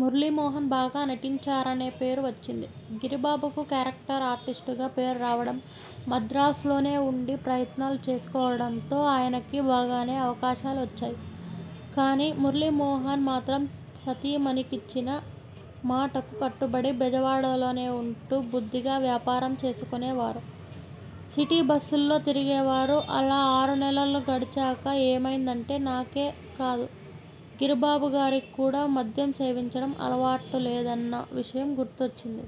మురళీమోహన్ బాగా నటించారనే పేరు వచ్చింది. గిరిబాబుకు కేరక్టర్ ఆర్టిస్టుగా పేరు రావడం, మద్రాసులోనే ఉండి ప్రయత్నాలు చేసుకోవడంతో ఆయనకి బాగానే అవకాశాలొచ్చాయి. కానీ మురళీమోహన్ మాత్రం సతీమణికిచ్చిన మాటకు కట్టుబడి బెజవాడ లోనే ఉంటూ బుద్ధిగా వ్యాపారం చేసుకునేవారు. సిటీ బస్సుల్లో తిరిగేవారు. అలా ఆరునెలలు గడిచాక ఏమైందంటే నాకే కాదు గిరిబాబుగారికి కూడా మద్యం సేవించడం అలవాటులేదన్న విషయం గుర్తొచ్చింది.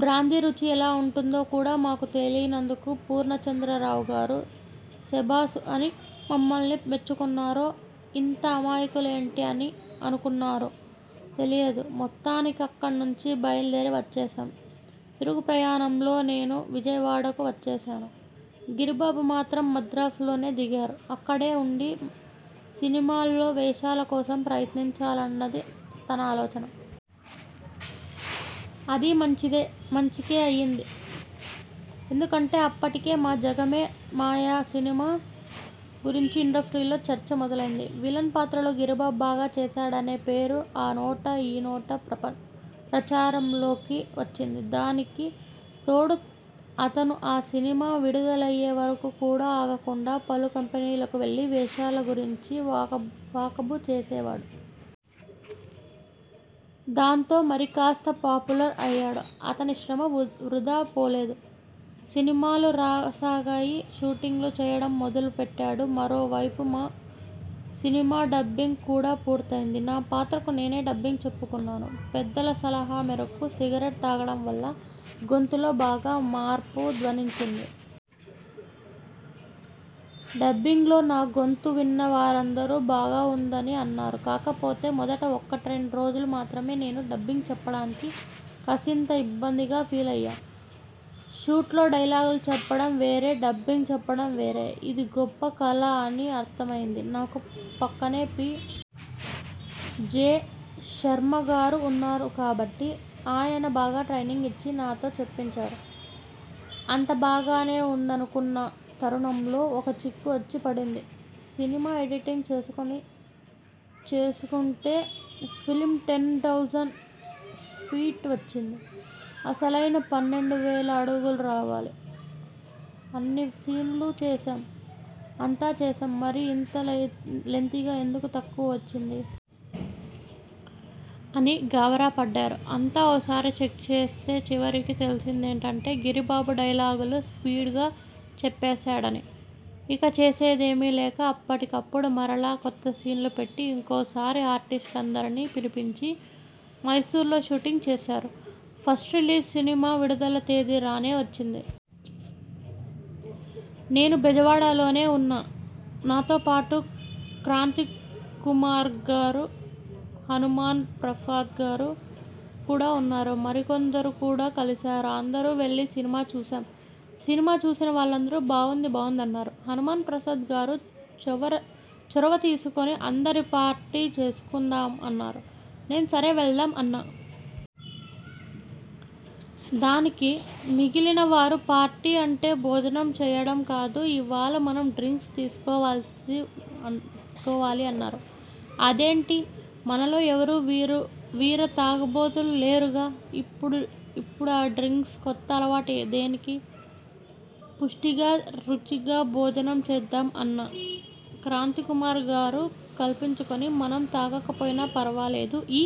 బ్రాందీ రుచి ఎలా ఉంటుందో కూడా మాకు తెలియనందుకు పూర్ణచంద్రరావుగారు 'సెబాసు' అని మమ్మల్ని మెచ్చుకున్నారో, 'ఇంత అమాయకులేంటి? ' అనుకున్నారో తెలియదు. మొత్తానికి అక్కడినుంచి బయలుదేరి వచ్చేశాం. తిరుగుప్రయాణంలో నేను విజయవాడకు వచ్చేశాను. గిరిబాబు మాత్రం మద్రాసులోనే దిగారు. అక్కడే ఉండి సినిమాల్లో వేషాలకోసం ప్రయత్నించాలన్నది తన ఆలోచన. అది మంచిదే మంచికే అయింది. ఎందుకంటే అప్పటికే మా 'జగమే మాయ' సినిమా గురించి ఇండస్ట్రీ లో చర్చ మొదలైంది. విలన్ పాత్రలో గిరిబాబు బాగా చేశాడనే పేరు ఆ నోటా ఈ నోటా ప్రచారంలోకి వచ్చింది. దానికి తోడు అతను ఆ సినిమా విడుదలయ్యే వరకు కూడా ఆగకుండా, పలు కంపెనీలకు వెళ్లి వేషాల గురించి వాకబ్ వాకబు చేసేవాడు. దాంతో మరికాస్త పాపులర్ అయ్యాడు. అతని శ్రమ వృథా పోలేదు. సినిమాలు రాసాగాయి. షూటింగ్లు చేయడం మొదలు పెట్టాడు. మరోవైపు మా సినిమా డబ్బింగ్ కూడా పూర్తయింది. నా పాత్రకు నేనే డబ్బింగ్ చెప్పుకున్నాను. పెద్దల సలహా మేరకు సిగరెట్ తాగడం వల్ల గొంతులో బాగా మార్పు ధ్వనించింది. డబ్బింగ్లో నా గొంతు విన్నవారందరూ బాగా ఉందని అన్నారు. కాకపోతే మొదట ఒకట్రెండు రోజులు మాత్రమే నేను డబ్బింగ్ చెప్పడానికి కాసింత ఇబ్బందిగా ఫీలయ్యా. షూట్లో డైలాగులు చెప్పడం వేరు డబ్బింగ్ చెప్పడం వేరు. ఇది గొప్ప కళ అని అర్థమైంది. నా పక్కనే పి. జె. శర్మగారు ఉన్నారు కాబట్టి, ఆయన బాగా ట్రైనింగ్ ఇచ్చి నాతో చెప్పించారు. అంతా బాగానే ఉందనుకున్న తరుణంలో ఒక చిక్కు వచ్చి పడింది. సినిమా ఎడిటింగ్ చేసుకుని చేసుకుంటే ఫిల్మ్ టెన్ థౌజండ్ ఫీటే వచ్చింది. అసలైతే పన్నెండు వేల అడుగులు రావాలి. 'అన్ని సీన్లు చేశాం, అంతా చేశాం, మరి ఇంత లేన్ లెంగ్త్ ఎందుకు తక్కువ వచ్చిందా? ' అని గాబరాపడ్డారు. అంతా ఒకసారి చెక్ చేస్తే చివరికి తేలిందేంటంటే, 'గిరిబాబు డైలాగులు స్పీడ్గా చెప్పేశాడు' అని. ఇక చేసేదేమీ లేక అప్పటికప్పుడు మరలా కొత్తసీన్లు పెట్టి ఇంకోసారి ఆర్టిస్టులందరినీ పిలిపించి మైసూర్లో షూటింగ్ చేశారు. ఫస్ట్ రిలీజ్ సినిమా విడుదల తేదీ రానే వచ్చింది. నేను బెజవాడలోనే ఉన్నా. నాతో పాటు క్రాంతికుమార్గారు, హనుమాన్ ప్రాసాద్గారు కూడా ఉన్నారు. మరికొందరు కూడా కలిశారు. అందరం వెళ్లి సినిమా చూశాం. సినిమా చూసిన వాళ్లందరూ 'బావుంది బావుంది' అన్నారు. హనుమాన్ ప్రసాద్ గారు చొవర చొరవ తీసుకుని 'అందరు పార్టీ చేసుకుందాం' అన్నారు. నేను 'సరే వెళ్దాం' అన్నాను. దానికి మిగిలినవారు 'పార్టీ అంటే భోజనం చేయడం కాదు, ఇవాళ మనం డ్రింక్స్ తీసుకోవాల్సి కొవ్వాలి అన్నారు. 'అదేంటీ, మనలో ఎవరూ వీర తాగుబోతులు లేరుగా, ఇప్పుడు ఇప్పుడీ డ్రింక్స్ కొత్త అలవాటు దేనికీ? పుష్టిగా రుచిగా భోజనం చేద్దాం' అన్నా. క్రాంతికుమార్గారు కల్పించుకుని మనం తాగకపోయినా ఫర్వాలేదు, ఈ